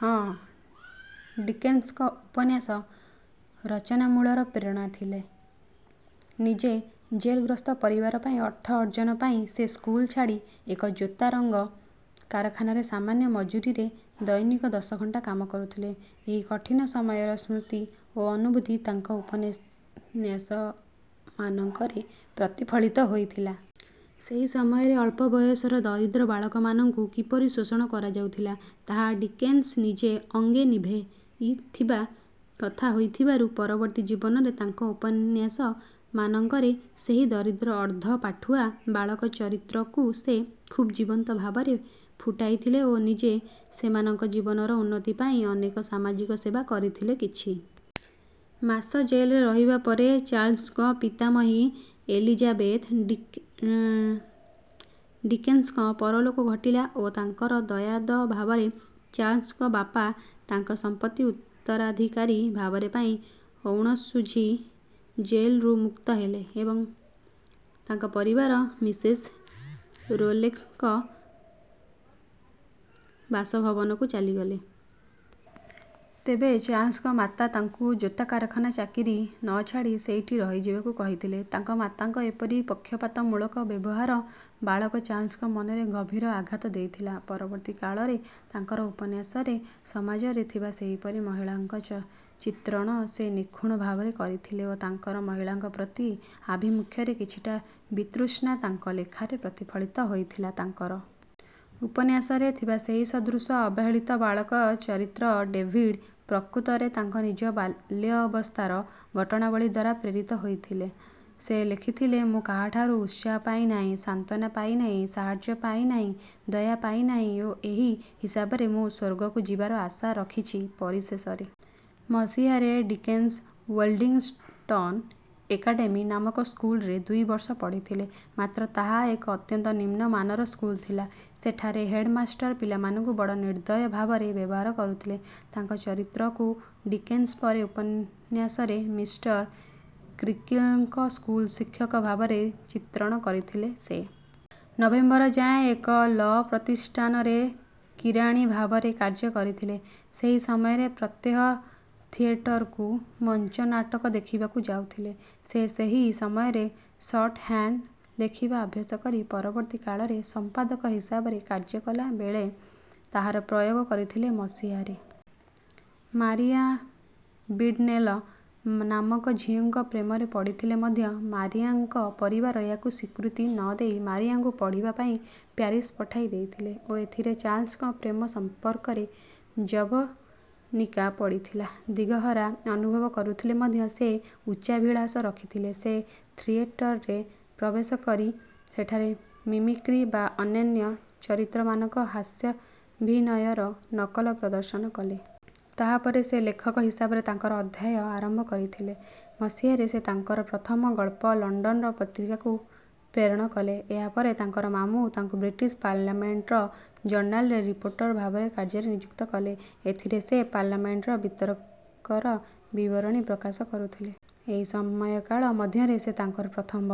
ହିଁ ଡିକେନ୍ସଙ୍କ ଉପନ୍ୟାସ ରଚନା ମୂଳର ପ୍ରେରଣା ଥିଲେ। ନିଜ ଜେଲଗ୍ରସ୍ତ ପରିବାର ପାଇଁ ଅର୍ଥ ଅର୍ଜନ ପାଇଁ ସେ ସ୍କୁଲ ଛାଡ଼ି ଏକ ଜୋତା ରଙ୍ଗ କାରଖାନାରେ ସାମାନ୍ୟ ମଜୁରିରେ ଦୈନିକ ଦଶ ଘଣ୍ଟା କାମ କରୁଥିଲେ। ଏହି କଠିନ ସମୟର ସ୍ମୃତି ଓ ଅନୁଭୂତି ତାଙ୍କ ଉପନ୍ୟାସମାନଙ୍କରେ ପ୍ରତିଫଳିତ ହୋଇଥିଲା। ସେହି ସମୟରେ ଅଳ୍ପ ବୟସର ଦରିଦ୍ର ବାଳକମାନଙ୍କୁ କିପରି ଶୋଷଣ କରାଯାଉଥିଲା, ତାହା ଡିକେନ୍ସ ନିଜେ ଅଙ୍ଗେ ନିଭାଇଥିବା କଥା ହୋଇଥିବାରୁ, ପରବର୍ତ୍ତୀ ଜୀବନରେ ତାଙ୍କ ଉପନ୍ୟାସମାନଙ୍କରେ ସେହି ଦରିଦ୍ର, ଅର୍ଦ୍ଧ ପାଠୁଆ ବାଳକ ଚରିତ୍ରକୁ ସେ ଖୁବ୍ ଜୀବନ୍ତ ଭାବରେ ଫୁଟାଇଥିଲେ ଓ ନିଜେ ସେମାନଙ୍କ ଜୀବନର ଉନ୍ନତି ପାଇଁ ଅନେକ ସାମାଜିକ ସେବା କରିଥିଲେ। କିଛି ମାସ ଜେଲରେ ରହିବା ପରେ ଚାର୍ଲ୍ସଙ୍କ ପିତାମହୀ ଏଲିଜାବେଥ ଡିକେନ୍ସଙ୍କ ପରଲୋକ ଘଟିଲା ଓ ତାଙ୍କର ଦାୟାଦ ଭାବରେ ଚାର୍ଲ୍ସଙ୍କ ବାପା ତାଙ୍କ ସମ୍ପତ୍ତି ଉତ୍ତରାଧିକାରୀ ଭାବରେ ପାଇ ଔଣ ଶୁଝି ଜେଲରୁ ମୁକ୍ତ ହେଲେ ଏବଂ ତାଙ୍କ ପରିବାର ମିସେସ ରୋଏଲେନ୍ସଙ୍କ ବାସଭବନକୁ ଚାଲିଗଲେ। ତେବେ ଚାର୍ଲ୍ସଙ୍କ ମାତା ତାଙ୍କୁ ଜୋତା କାରଖାନା ଚାକିରି ନ ଛାଡ଼ି ସେଇଠି ରହିଯିବାକୁ କହିଥିଲେ। ତାଙ୍କ ମାତାଙ୍କ ଏପରି ପକ୍ଷପାତମୂଳକ ବ୍ୟବହାର ବାଳକ ଚାର୍ଲ୍ସଙ୍କ ମନରେ ଗଭୀର ଆଘାତ ଦେଇଥିଲା। ପରବର୍ତ୍ତୀ କାଳରେ ତାଙ୍କର ଉପନ୍ୟାସରେ ସମାଜରେ ଥିବା ସେହିପରି ମହିଳାଙ୍କ ଚିତ୍ରଣ ସେ ନିଖୁଣ ଭାବରେ କରିଥିଲେ ଓ ତାଙ୍କର ମହିଳାଙ୍କ ପ୍ରତି ଆଭିମୁଖ୍ୟରେ କିଛିଟା ବିତୃଷ୍ଣା ତାଙ୍କ ଲେଖାରେ ପ୍ରତିଫଳିତ ହୋଇଥିଲା। ତାଙ୍କର ଉପନ୍ୟାସରେ ଥିବା ସେହି ସଦୃଶ ଅବହେଳିତ ବାଳକ ଚରିତ୍ର ଡେଭିଡ୍ ପ୍ରକୃତରେ ତାଙ୍କ ନିଜ ବାଲ୍ୟାବସ୍ଥାର ଘଟଣାବଳୀ ଦ୍ୱାରା ପ୍ରେରିତ ହୋଇଥିଲା। ସେ ଲେଖିଥିଲେ, ମୁଁ କାହାଠାରୁ ଉତ୍ସାହ ପାଇ ନାହିଁ, ସାନ୍ତ୍ୱନା ପାଇ ନାହିଁ, ସାହାଯ୍ୟ ପାଇ ନାହିଁ, ଦୟା ପାଇ ନାହିଁ, ଓ ଏହି ହିସାବରେ ମୁଁ ସ୍ୱର୍ଗକୁ ଯିବାର ଆଶା ରଖିଛି। ପରିଶେଷରେ ମସିହାରେ ଡିକେନ୍ସ ୱେଲିଂଟନ୍ ଏକାଡେମୀ ନାମକ ସ୍କୁଲରେ ଦୁଇ ବର୍ଷ ପଢ଼ିଥିଲେ। ମାତ୍ର ତାହା ଏକ ଅତ୍ୟନ୍ତ ନିମ୍ନ ମାନର ସ୍କୁଲ ଥିଲା। ସେଠାରେ ହେଡମାଷ୍ଟର ପିଲାମାନଙ୍କୁ ବଡ଼ ନିର୍ଦ୍ଦୟ ଭାବରେ ବ୍ୟବହାର କରୁଥିଲେ। ତାଙ୍କ ଚରିତ୍ରକୁ ଡିକେନ୍ସ ପରେ ଉପନ୍ୟାସରେ ମିଷ୍ଟର କ୍ରୀକିଲ୍ ଙ୍କ ସ୍କୁଲ ଶିକ୍ଷକ ଭାବରେ ଚିତ୍ରଣ କରିଥିଲେ। ସେ ନଭେମ୍ବର ଯାଏ ଏକ ଲ ପ୍ରତିଷ୍ଠାନରେ କିରାଣୀ ଭାବରେ କାର୍ଯ୍ୟ କରିଥିଲେ। ସେହି ସମୟରେ ପ୍ରତ୍ୟହ ଥିଏଟରକୁ ମଞ୍ଚନାଟକ ଦେଖିବାକୁ ଯାଉଥିଲେ। ସେ ସେହି ସମୟରେ ଶର୍ଟ ହାଣ୍ଡ ଲେଖିବା ଅଭ୍ୟାସ କରି ପରବର୍ତ୍ତୀ କାଳରେ ସମ୍ପାଦକ ହିସାବରେ କାର୍ଯ୍ୟ କଲା ବେଳେ ତାହାର ପ୍ରୟୋଗ କରିଥିଲେ। ମସିହାରେ ମାରିଆ ବିଡନେଲ ନାମକ ଝିଅଙ୍କ ପ୍ରେମରେ ପଡ଼ିଥିଲେ ମଧ୍ୟ ମାରିଆଙ୍କ ପରିବାର ଏହାକୁ ସ୍ୱୀକୃତି ନ ଦେଇ ମାରିଆଙ୍କୁ ପଢ଼ିବା ପାଇଁ ପ୍ୟାରିସ୍ ପଠାଇ ଦେଇଥିଲେ ଓ ଏଥିରେ ଚାର୍ଲ୍ସଙ୍କ ପ୍ରେମ ସମ୍ପର୍କରେ ଜବନିକା ପଡ଼ିଥିଲା। ଦିଗହରା ଅନୁଭବ କରୁଥିଲେ ମଧ୍ୟ ସେ ଉଚ୍ଚାଭିଳାଷ ରଖିଥିଲେ। ସେ ଥିଏଟରରେ ପ୍ରବେଶ କରି ସେଠାରେ ମିମିକ୍ରି ବା ଅନ୍ୟାନ୍ୟ ଚରିତ୍ରମାନଙ୍କ ହାସ୍ୟାଭିନୟର ନକଲ ପ୍ରଦର୍ଶନ କଲେ। ତାହା ପରେ ସେ ଲେଖକ ହିସାବରେ ତାଙ୍କର ଅଧ୍ୟାୟ ଆରମ୍ଭ କରିଥିଲେ। ମସିହାରେ ସେ ତାଙ୍କର ପ୍ରଥମ ଗଳ୍ପ ଲଣ୍ଡନର ପତ୍ରିକାକୁ ପ୍ରେରଣ କଲେ। ଏହା ପରେ ତାଙ୍କର ମାମୁ ତାଙ୍କୁ ବ୍ରିଟିଶ ପାର୍ଲାମେଣ୍ଟର ଜର୍ନାଲରେ ରିପୋର୍ଟର ଭାବରେ କାର୍ଯ୍ୟରେ ନିଯୁକ୍ତ କଲେ। ଏଥିରେ ସେ ପାର୍ଲାମେଣ୍ଟର ବିତର୍କର ବିବରଣୀ ପ୍ରକାଶ କରୁଥିଲେ। ଏହି ସମୟକାଳ ମଧ୍ୟରେ ସେ ତାଙ୍କର ପ୍ରଥମ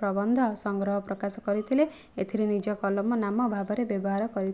ପ୍ରବନ୍ଧ ସଂଗ୍ରହ ପ୍ରକାଶ କରିଥିଲେ। ଏଥିରେ ନିଜ କଲମ ନାମ ଭାବରେ ବ୍ୟବହାର କରିଥିଲେ।